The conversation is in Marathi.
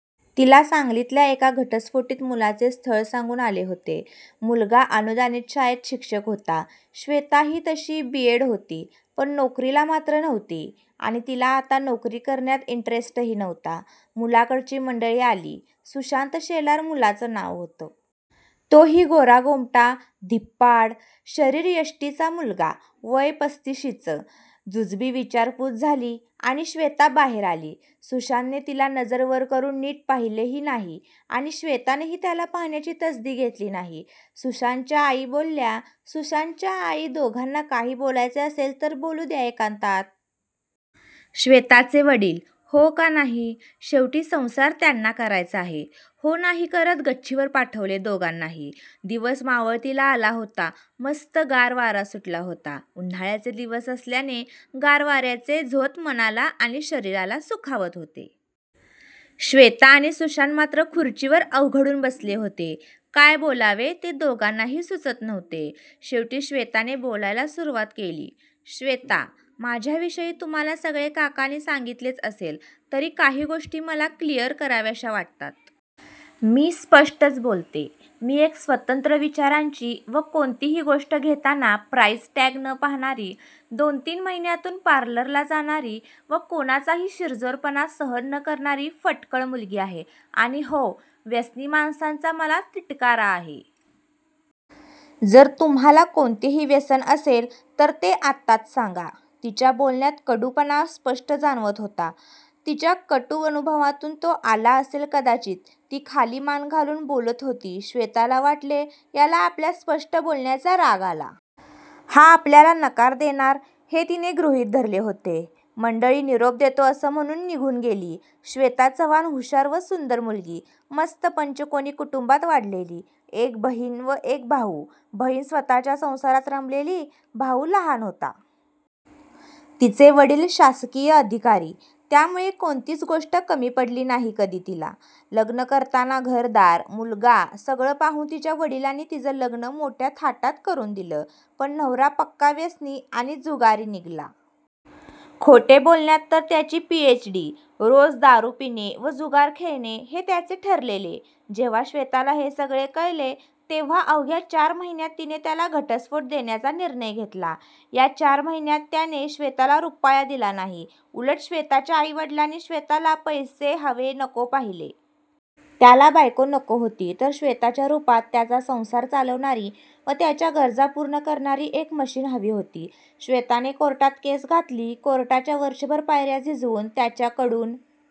तिला सांगलीतल्या एका घटस्फोटित मुलाचे स्थळ सांगून आले होते. मुलगा अनुदानित शाळेत शिक्षक होता. श्वेता ही तशी बी. एड होती. पण नोकरीला मात्र नव्हती आणि तिला आता नोकरी करण्यात इंटरेस्टही नव्हता. मुलाकडची मंडळी आली, सुशांत शेलार मुलाचं नाव होतं. तोही गोरागोमटा, धिप्पाड शरीरयष्टीचा मुलगा, वय पस्तिशीचं. जुजबी विचारपूस झाली आणि श्वेता बाहेर आली. सुशांतने तिला नजर वर करून नीट पाहिलेही नाही आणि श्वेतानेही त्याला पाहण्याची तसदी घेतली नाही. सुशांतच्या आई बोलल्या, सुशांतच्या आई, दोघांना काही बोलायचे असेल तर बोलू द्या एकांतात. श्वेताचे वडील, हो का नाही, शेवटी संसार त्यांना करायचा आहे. हो-नाही करत गच्चीवर पाठवले दोघांनाही! दिवस मावळतीला आला होता. मस्त गार वारा सुटला होता, उन्हाळ्याचे दिवस असल्याने गार वाऱ्याचे झोत मनाला आणि शरीराला सुखावत होते. श्वेता आणि सुशांत मात्र खुर्चीवर अवघडून बसले होते. काय बोलावे ते दोघांनाही सुचत नव्हते. शेवटी श्वेताने बोलायला सुरुवात केली. श्वेता, माझ्याविषयी तुम्हाला सगळे काकांनी सांगितलेच असेल, तरी काही गोष्टी मला क्लिअर कराव्याशा वाटतात. मी स्पष्टच बोलते. मी एक स्वतंत्र विचारांची व कोणतीही गोष्ट घेताना प्राईज टॅग न पाहणारी, दोन-तीन महिन्यांतून पारललला जाणारी व कोणाचाही शिरजोरपणा सहन न करणारी फटकळ मुलगी आहे आणि हो, व्यसनी माणसांचा मला तिटकारा आहे. जर तुम्हाला कोणतेही व्यसन असेल तर ते आत्ताच सांगा. तिच्या बोलण्यात कडूपणा स्पष्ट जाणवत होता. तिच्या कटू अनुभवातून तो आला असेल कदाचित. ती खाली मान घालून बोलत होती. श्वेताला वाटले याला आपल्या स्पष्ट बोलण्याचा राग आला. हा आपल्याला नकार देणार हे तिने गृहीत धरले होते. मंडळी निरोप देतो असं म्हणून निघून गेली. श्वेता चव्हाण हुशार व सुंदर मुलगी. मस्त पंचकोनी कुटुंबात वाढलेली. एक बहीण व एक भाऊ; बहीण स्वतःच्या संसारात रमलेली, भाऊ लहान होता. तिचे वडील शासकीय अधिकारी, त्यामुळे कोणतीच गोष्ट कमी पडली नाही कधी तिला! लग्न करताना घरदार, मुलगा सगळं पाहून तिच्या वडिलांनी तिचं लग्न मोठ्या थाटात करून दिलं. पण नवरा पक्का व्यसनी आणि जुगारी निघला. खोटे बोलण्यात तर त्याची पी.एच.डी., रोज दारू पिणे व जुगार खेळणे हे त्याचे ठरलेले. जेव्हा श्वेताला हे सगळे कळले तेव्हा अवघ्या चार महिन्यांत तिने त्याला घटस्फोट देण्याचा निर्णय घेतला. या चार महिन्यांत त्याने श्वेताला रुपया दिला नाही, उलट श्वेताच्या आई-वडिलांनी श्वेताला पैसे, हवे-नको पाहिले. त्याला बायको नको होती तर श्वेताच्या रूपात त्याचा संसार चालवणारी व त्याच्या गरजा पूर्ण करणारी एक मशीन हवी होती. श्वेताने कोर्टात केस घातली, कोर्टाच्या वर्षभर पायऱ्या झिजवून त्याच्याकडून